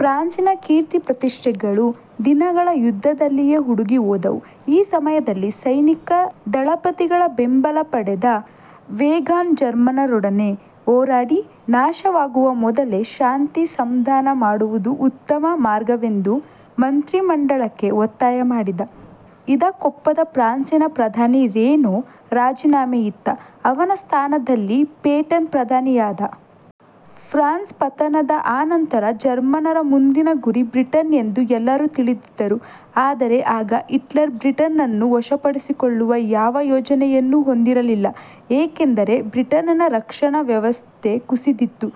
ಫ್ರಾನ್ಸಿನ ಕೀರ್ತಿಪ್ರತಿಷ್ಠೆಗಳು ದಿನಗಳ ಯುದ್ಧದಲ್ಲಿಯೇ ಉಡುಗಿಹೋದವು. ಈ ಸಮಯದಲ್ಲಿ ಸೈನಿಕ ದಳಪತಿಗಳ ಬೆಂಬಲ ಪಡೆದ ವೇಗಾನ್ ಜರ್ಮನ್ನರೊಡನೆ ಹೋರಾಡಿ ನಾಶವಾಗುವ ಮೊದಲೇ ಶಾಂತಿ ಸಂಧಾನ ಮಾಡುವುದು ಉತ್ತಮ ಮಾರ್ಗವೆಂದು ಮಂತ್ರಿಮಂಡಲಕ್ಕೆ ಒತ್ತಾಯ ಮಾಡಿದ. ಇದಕ್ಕೊಪ್ಪದ ಫ್ರಾನ್ಸಿನ ಪ್ರಧಾನಿ ರೇನೋ ರಾಜಿನಾಮೆಯಿತ್ತ. ಅವನ ಸ್ಥಾನದಲ್ಲಿ ಪೇಟನ್ ಪ್ರಧಾನಿಯಾದ. ಫ್ರಾನ್ಸ್ನ ಪತನದ ಅನಂತರ ಜರ್ಮನ್ನರ ಮುಂದಿನ ಗುರಿ ಬ್ರಿಟನ್ ಎಂದು ಎಲ್ಲರೂ ತಿಳಿದಿದ್ದರು. ಆದರೆ ಆಗ ಹಿಟ್ಲರ್ ಬ್ರಿಟನ್ನನ್ನು ವಶಪಡಿಸಿಕೊಳ್ಳುವ ಯಾವ ಯೋಜನೆಯನ್ನೂ ಹೊಂದಿರಲಿಲ್ಲ. ಏಕೆಂದರೆ, ಬ್ರಿಟನ್ನಿನ ರಕ್ಷಣಾ ವ್ಯವಸ್ಥೆ ಕುಸಿದಿದ್ದು,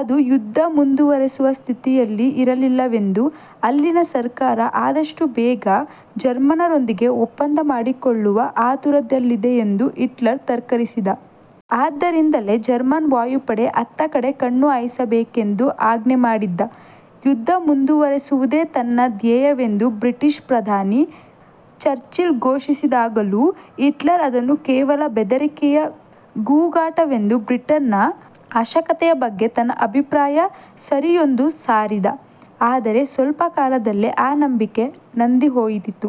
ಅದು ಯುದ್ಧ ಮುಂದುವರಿಸುವ ಸ್ಥಿತಿಯಲ್ಲಿರಲಿಲ್ಲವೆಂದೂ ಅಲ್ಲಿನ ಸರ್ಕಾರ ಆದಷ್ಟು ಬೇಗ ಜರ್ಮನ್ನರೊಂದಿಗೆ ಒಪ್ಪಂದ ಮಾಡಿಕೊಳ್ಳುವ ಆತುರದಲ್ಲಿದೆಯೆಂದೂ ಹಿಟ್ಲರ್ ತರ್ಕಿಸಿದ್ದ. ಆದ್ದರಿಂದಲೇ ಜರ್ಮನ್ ವಾಯುಪಡೆ ಅತ್ತ ಕಡೆ ಕಣ್ಣು ಹಾಯಿಸಬಾರದೆಂದು ಆಜ್ಞೆ ಮಾಡಿದ್ದ. ಯುದ್ಧ ಮುಂದುವರಿಸುವುದೇ ತನ್ನ ಧ್ಯೇಯವೆಂದು ಬ್ರಿಟಿಷ್ ಪ್ರಧಾನಿ ಚರ್ಚಿಲ್ ಘೋಷಿಸಿದಾಗಲೂ ಹಿಟ್ಲರ್ ಅದನ್ನು ಕೇವಲ ಬೆದರಿಕೆಯ ಕೂಗಾಟವೆಂದೂ ಬ್ರಿಟನ್ನಿನ ಅಶಕ್ತತೆಯ ಬಗ್ಗೆ ತನ್ನ ಅಭಿಪ್ರಾಯ ಸರಿಯೆಂದೂ ಸಾರಿದ. ಆದರೆ ಸ್ವಲ್ಪ ಕಾಲದಲ್ಲೇ ಆ ನಂಬಿಕೆ ನಂದಿಹೋಯಿತು.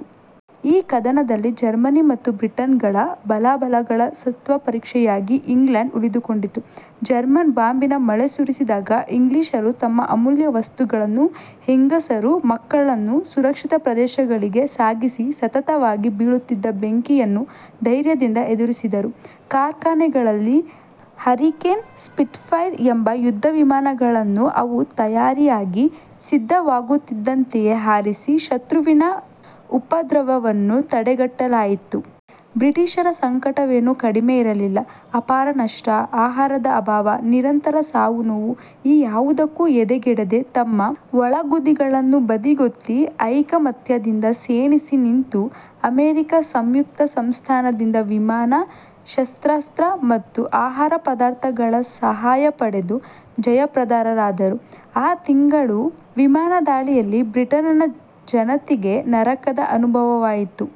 ಈ ಕದನದಲ್ಲಿ ಜರ್ಮನಿ ಮತ್ತು ಬ್ರಿಟನ್ಗಳ ಬಲಾಬಲಗಳ ಸತ್ತ್ವಪರೀಕ್ಷೆಯಾಗಿ ಇಂಗ್ಲೆಂಡ್ ಉಳಿದುಕೊಂಡಿತು. ಜರ್ಮನ್ ಬಾಂಬಿನ ಮಳೆ ಸುರಿಸಿದಾಗ ಇಂಗ್ಲಿಷರು ತಮ್ಮ ಅಮೂಲ್ಯವಸ್ತುಗಳನ್ನೂ ಹೆಂಗಸರು ಮಕ್ಕಳನ್ನೂ ಸುರಕ್ಷಿತ ಪ್ರದೇಶಗಳಿಗೆ ಸಾಗಿಸಿ ಸತತವಾಗಿ ಬೀಳುತ್ತಿದ್ದ ಬೆಂಕಿಯನ್ನು ಧೈರ್ಯದಿಂದ ಎದುರಿಸಿದರು. ಕಾರ್ಖಾನೆಗಳಲ್ಲಿ ಹರಿಕೇನ್, ಸ್ಪಿಟ್ಫೈರ್ ಎಂಬ ಯುದ್ಧವಿಮಾನಗಳನ್ನು ಅವು ತಯಾರಾಗಿ ಸಿದ್ದವಾಗುತ್ತಿದ್ದಂತೆಯೇ ಹಾರಿಸಿ ಶತ್ರುವಿನ ಉಪದ್ರವವನ್ನು ತಡೆಗಟ್ಟಲಾಯಿತು. ಬ್ರಿಟಿಷರ ಸಂಕಟವೇನೂ ಕಡಿಮೆಯಿರಲಿಲ್ಲ. ಅಪಾರ ನಷ್ಟ, ಆಹಾರದ ಅಭಾವ, ನಿರಂತರ ಸಾವುನೋವು ಈ ಯಾವುದಕ್ಕೂ ಎದೆಗೆಡದೆ ತಮ್ಮ ಒಳಗುದಿಗಳನ್ನು ಬದಿಗೊತ್ತಿ ಐಕಮತ್ಯದಿಂದ ಸೆಣಸಿ ನಿಂತು, ಅಮೆರಿಕ ಸಂಯುಕ್ತ ಸಂಸ್ಥಾನದಿಂದ ವಿಮಾನ, ಶಸ್ತ್ರಾಸ್ತ್ರ ಮತ್ತು ಆಹಾರ ಪದಾರ್ಥಗಳ ಸಹಾಯ ಪಡೆದು ಜಯಪ್ರದರಾದರು. ಆ ತಿಂಗಳ ವಿಮಾನದಾಳಿಯಲ್ಲಿ ಬ್ರಿಟನ್ನಿನ ಜನತೆಗೆ ನರಕದ ಅನುಭವವಾಯಿತು.